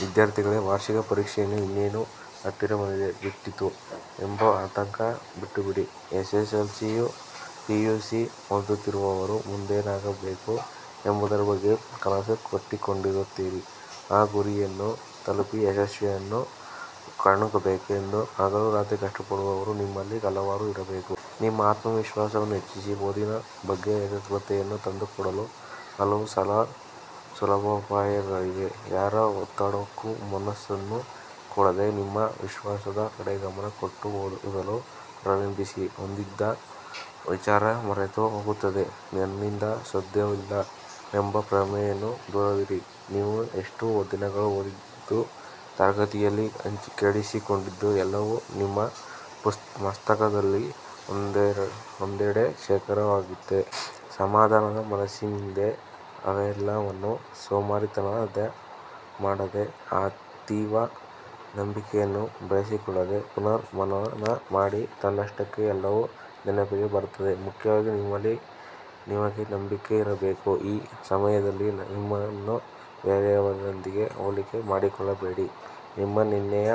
ವಿದ್ಯಾರ್ಥಿಗಳೇ, ವಾರ್ಷಿಕ ಪರೀಕ್ಷೆ ಇನ್ನೇನು ಹತ್ತಿರ ಬಂದೇ ಬಿಟ್ಟಿತು ಎಂಬ ಆತಂಕ ಬಿಟ್ಟುಬಿಡಿ. S S L C P U C ಓದುತ್ತಿರುವವರು ಮುಂದೇನಾಗಬೇಕು ಎಂಬುದರ ಬಗ್ಗೆ ಕನಸು ಕಟ್ಟಿಕೊಂಡಿರುತ್ತೀರಿ. ಆ ಗುರಿಯನ್ನು ತಲುಪಿ ಯಶಸ್ಸನ್ನು ಕಾಣಬೇಕು ಎಂದು ಹಗಲು– ರಾತ್ರಿ ಕಷ್ಟಪಡುವವರು ನಿಮ್ಮಲ್ಲಿ ಹಲವರು ಇರಬಹುದು. ನಿಮ್ಮ ಆತ್ಮವಿಶ್ವಾಸವನ್ನು ಹೆಚ್ಚಿಸಿ ಓದಿನ ಬಗ್ಗೆ ಏಕಾಗ್ರತೆಯನ್ನು ತಂದು ಕೊಡಲು ಹಲವು ಸುಲಭೋಪಾಯಗಳಿವೆ. ಯಾರ ಒತ್ತಡಕ್ಕೂ ಮನಸ್ಸನ್ನು ಕೊಡದೆ, ನಿಮ್ಮ ವಿಶ್ವಾಸದ ಕಡೆ ಗಮನ ಕೊಟ್ಟು ಓದಲು ಪ್ರಾರಂಭಿಸಿ. ಓದಿದ ವಿಚಾರ ಮರೆತು ಹೋಗುತ್ತದೆ, ನನ್ನಿಂದ ಸಾಧ್ಯವಿಲ್ಲ ಎಂಬ ಭ್ರಮೆಯಿಂದ ದೂರವಿರಿ. ನೀವು ಇಷ್ಟು ದಿನಗಳೂ ಓದಿದ್ದು ತರಗತಿಯಲ್ಲಿ ಕೇಳಿಸಿಕೊಂಡಿದ್ದು ಎಲ್ಲವೂ ನಿಮ್ಮ ಮಸ್ತಕದಲ್ಲಿ ಒಂದೆಡೆ ಶೇಖರವಾಗಿದೆ. ಸಮಾಧಾನದ ಮನಸ್ಸಿನಿಂದ ಅವೆಲ್ಲವನ್ನೂ ಸೋಮಾರಿತನ ಮಾಡದೆ, ಅತೀವ ನಂಬಿಕೆಯನ್ನು ಬೆಳೆಸಿಕೊಳ್ಳದೆ ಪುನರ್ ಮನನ ಮಾಡಿ. ತನ್ನಷ್ಟಕ್ಕೇ ಎಲ್ಲವೂ ನೆನಪಿಗೆ ಬರುತ್ತದೆ. ಮುಖ್ಯವಾಗಿ ನಿಮ್ಮಲ್ಲಿ ನಿಮಗೆ ನಂಬಿಕೆ ಇರಬೇಕು. ಈ ಸಮಯದಲ್ಲಿ ನಿಮ್ಮನ್ನು ಬೇರೆಯವರೊಂದಿಗೆ ಹೋಲಿಕೆ ಮಾಡಿಕೊಳ್ಳಬೇಡಿ. ನಿಮ್ಮ ನಿನ್ನೆಯ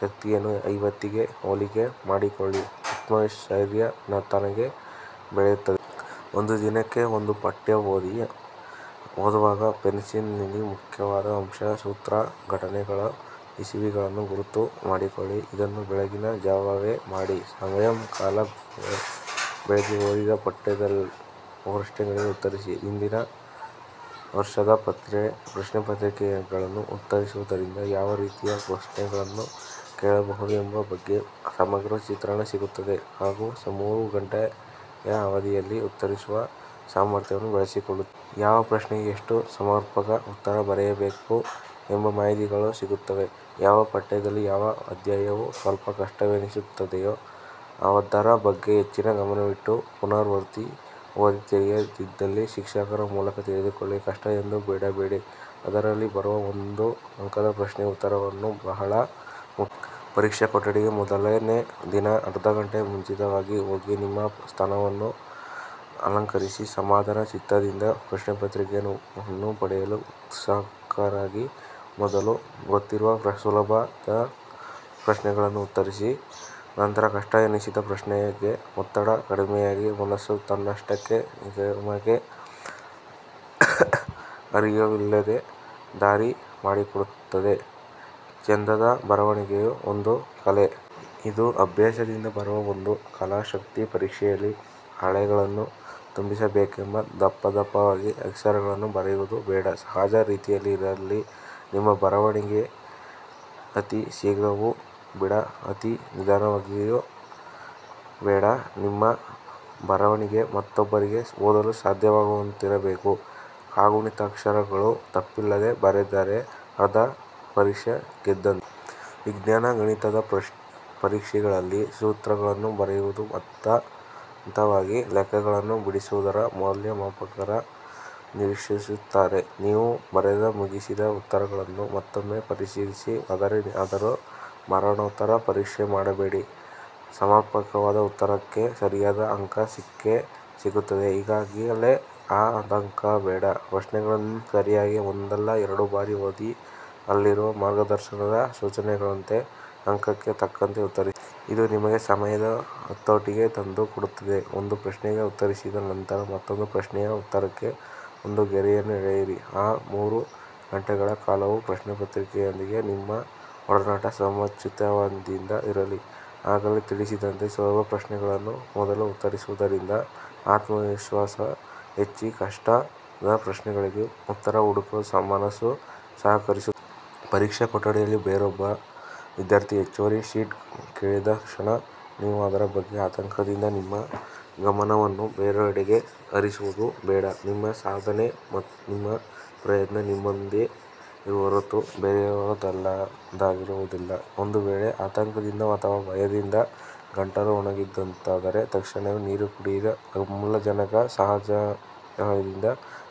ಶಕ್ತಿಯನ್ನು ಇವತ್ತಿಗೆ ಹೋಲಿಕೆ ಮಾಡಿಕೊಳ್ಳಿ. ಆತ್ಮಸ್ಥೈರ್ಯ ತಾನಾಗೇ ಬೆಳೆಯುತ್ತದೆ. ಒಂದು ದಿನಕ್ಕೆ ಒಂದು ಪಠ್ಯವನ್ನು ಓದಿ. ಓದುವಾಗ ಪೆನ್ಸಿಲ್ನಿಂದ ಮುಖ್ಯವಾದ ಅಂಶ, ಸೂತ್ರ, ಘಟನೆಗಳ ಇಸವಿಗಳನ್ನು ಗುರುತು ಮಾಡಿಕೊಳ್ಳಿ. ಇದನ್ನು ಬೆಳಗಿನ ಜಾವವೇ ಮಾಡಿ. ಸಾಯಂಕಾಲ ಬೆಳಿಗ್ಗೆ ಓದಿದ ಪಠ್ಯದ ಪ್ರಶ್ನೆಗಳಿಗೆ ಉತ್ತರಿಸಿ. ಹಿಂದಿನ ವರ್ಷದ ಪ್ರಶ್ನೆಪತ್ರಿಕೆಗಳನ್ನು ಉತ್ತರಿಸುವುದರಿಂದ, ಯಾವ ರೀತಿಯ ಪ್ರಶ್ನೆಗಳನ್ನು ಕೇಳಬಹುದು ಎಂಬ ಬಗ್ಗೆ ಸಮಗ್ರ ಚಿತ್ರಣ ಸಿಗುತ್ತದೆ ಹಾಗೂ ಮೂರು ಗಂಟೆಯ ಅವಧಿಯಲ್ಲೇ ಉತ್ತರಿಸುವ ಸಾಮರ್ಥ್ಯವನ್ನು ಬೆಳೆಸಿಕೊಳ್ಳುತ್ತೀರಿ. ಯಾವ ಪ್ರಶ್ನೆಗೆ ಎಷ್ಟು ಸಮರ್ಪಕ ಉತ್ತರ ಬರೆಯಬೇಕು ಎಂಬ ಮಾಹಿತಿಗಳೂ ಸಿಗುತ್ತವೆ. ಯಾವ ಪಠ್ಯದಲ್ಲಿ ಯಾವ ಅಧ್ಯಾಯವು ಸ್ವಲ್ಪ ಕಷ್ಟವೆನಿಸುತ್ತದೆಯೋ ಅದರ ಬಗ್ಗೆ ಹೆಚ್ಚಿನ ಗಮನವಿಟ್ಟು ಪುನರಾವರ್ತಿ ಓದಿ. ತಿಳಿಯದಿದ್ದಲ್ಲಿ ಶಿಕ್ಷಕರ ಮೂಲಕ ತಿಳಿದುಕೊಳ್ಳಿ. ಕಷ್ಟ ಎಂದು ಬಿಡಬೇಡಿ. ಅದರಲ್ಲಿ ಬರುವ ಒಂದು ಅಂಕದ ಪ್ರಶ್ನೆಯ ಉತ್ತರವೂ ಬಹಳ ಮುಖ್ಯ. ಪರೀಕ್ಷಾ ಕೊಠಡಿಗೆ ಮೊದಲನೇ ದಿನ ಅರ್ಧಗಂಟೆ ಮುಂಚಿತವಾಗಿ ಹೋಗಿ ನಿಮ್ಮ ಸ್ಥಾನವನ್ನು ಅಲಂಕರಿಸಿ ಸಮಾಧಾನ ಚಿತ್ತದಿಂದ ಪ್ರಶ್ನೆಪತ್ರಿಕೆಯನ್ನು ಪಡೆಯಲು ಉತ್ಸುಕರಾಗಿರಿ. ಮೊದಲು ಗೊತ್ತಿರುವ, ಸುಲಭವಾದ ಪ್ರಶ್ನೆಗಳನ್ನು ಉತ್ತರಿಸಿ. ನಂತರ ಕಷ್ಟ ಎನಿಸಿದ ಪ್ರಶ್ನೆಗೆ ಒತ್ತಡ ಕಡಿಮೆಯಾಗಿ ಮನಸ್ಸು ತನ್ನಷ್ಟಕ್ಕೆ ನಿಮಗೆ ಅರಿವಿಲ್ಲದಂತೆ ದಾರಿ ಮಾಡಿಕೊಡುತ್ತದೆ. ಚಂದದ ಬರವಣಿಗೆಯೂ ಒಂದು ಕಲೆ. ಇದು ಅಭ್ಯಾಸದಿಂದ ಬರುವ ಒಂದು ಕಲಾಶಕ್ತಿ. ಪರೀಕ್ಷೆಯಲ್ಲಿ ಹಾಳೆಗಳನ್ನು ತುಂಬಿಸಬೇಕೆಂದು ದಪ್ಪದಪ್ಪವಾಗಿ ಅಕ್ಷರಗಳನ್ನು ಬರೆಯುವುದು ಬೇಡ. ಸಹಜ ರೀತಿಯಲ್ಲಿ ಇರಲಿ ನಿಮ್ಮ ಬರವಣಿಗೆ. ಅತಿ ಶೀಘ್ರವೂ ಬೇಡ ಅತಿ ನಿಧಾನಗತಿಯೂ ಬೇಡ. ನಿಮ್ಮ ಬರವಣಿಗೆ ಮತ್ತೊಬ್ಬರಿಗೆ ಓದಲು ಸಾಧ್ಯವಾಗುವಂತಿರಬೇಕು. ಕಾಗುಣಿತ, ಅಕ್ಷರಗಳು ತಪ್ಪಿಲ್ಲದೇ ಬರೆದರೆ ಅರ್ಧ ಪರೀಕ್ಷೆ ಗೆದ್ದಂತೆ. ವಿಜ್ಞಾನ, ಗಣಿತದ ಪರೀಕ್ಷೆಗಳಲ್ಲಿ ಸೂತ್ರಗಳನ್ನು ಬರೆಯುವುದು ಹಂತ ಹಂತವಾಗಿ ಲೆಕ್ಕಗಳನ್ನು ಬಿಡಿಸುವುದನ್ನು ಮೌಲ್ಯಮಾಪಕರು ನಿರೀಕ್ಷಿಸುತ್ತಾರೆ. ನೀವು ಬರೆದು ಮುಗಿಸಿದ ಉತ್ತರಗಳನ್ನು ಮತ್ತೊಮ್ಮೆ ಪರಿಶೀಲಿಸಿ. ಆದರೆ ಅದರ ಮರಣೋತ್ತರ ಪರೀಕ್ಷೆ ಮಾಡಬೇಡಿ. ಸಮರ್ಪಕವಾದ ಉತ್ತರಕ್ಕೆ ಸರಿಯಾದ ಅಂಕ ಸಿಕ್ಕೇ ಸಿಗುತ್ತದೆ. ಈಗಲೇ ಆ ಆತಂಕಬೇಡ. ಪ್ರಶ್ನೆಗಳನ್ನು ಸರಿಯಾಗಿ ಒಂದಲ್ಲ ಎರಡು ಬಾರಿ ಓದಿ ಅಲ್ಲಿರುವ ಮಾರ್ಗದರ್ಶನದ ಸೂಚನೆಗಳಂತೇ ಅಂಕಕ್ಕೆ ತಕ್ಕಂತೆ ಉತ್ತರಿಸಿ. ಇದು ನಿಮಗೆ ಸಮಯದ ಹತೋಟಿ ತಂದು ಕೊಡುತ್ತದೆ. ಒಂದು ಪ್ರಶ್ನೆಗೆ ಉತ್ತರಿಸಿದ ನಂತರ ಮತ್ತೊಂದು ಪ್ರಶ್ನೆಯ ಉತ್ತರಕ್ಕೆ ಒಂದು ಗೆರೆಯನ್ನು ಎಳೆಯಿರಿ. ಆ ಮೂರೂ ಗಂಟೆಗಳ ಕಾಲವೂ ಪ್ರಶ್ನೆಪತ್ರಿಕೆಯೊಂದಿಗೆ ನಿಮ್ಮ ಒಡನಾಟ ಸಮಚಿತ್ತದಿಂದ ಇರಲಿ. ಆಗಲೇ ತಿಳಿಸಿದಂತೆ ಸುಲಭ ಪ್ರಶ್ನೆಗಳನ್ನು ಮೊದಲು ಉತ್ತರಿಸುವುದರಿಂದ ಆತ್ಮವಿಶ್ವಾಸ ಹೆಚ್ಚಿ ಕಷ್ಟದ ಪ್ರಶ್ನೆಗಳಿಗೆ ಉತ್ತರ ಹುಡುಕಲು ಮನಸ್ಸು ಸಹಕರಿಸುತ್ತದೆ. ಪರೀಕ್ಷಾ ಕೊಠಡಿಯಲ್ಲಿ ಬೇರೊಬ್ಬ ವಿದ್ಯಾರ್ಥಿ ಹೆಚ್ಚುವರಿ ಶೀಟ್ ಕೇಳಿದಾಕ್ಷಣ ನೀವು ಅದರ ಬಗ್ಗೆ ಆತಂಕದಿಂದ ನಿಮ್ಮ ಗಮನವನ್ನು ಬೇರೆಡೆಗೆ ಹರಿಸುವುದು ಬೇಡ. ನಿಮ್ಮ ಸಾಧನೆ ನಿಮ್ಮ ಪ್ರಯತ್ನ ನಿಮ್ಮದೇ ಹೊರತು ಬೇರೆಯವರದಾಗಿರುವುದಿಲ್ಲ. ಒಂದು ವೇಳೆ ಆತಂಕದಿಂದ ಅಥವಾ ಭಯದಿಂದ ಗಂಟಲು ಒಣಗಿದಂತಾದರೆ ತಕ್ಷಣವೇ ನೀರು ಕುಡಿಯಿರಿ. ಆಮ್ಲಜನಕದ ಸಹಾಯದಿಂದ ಮನಸ್ಸು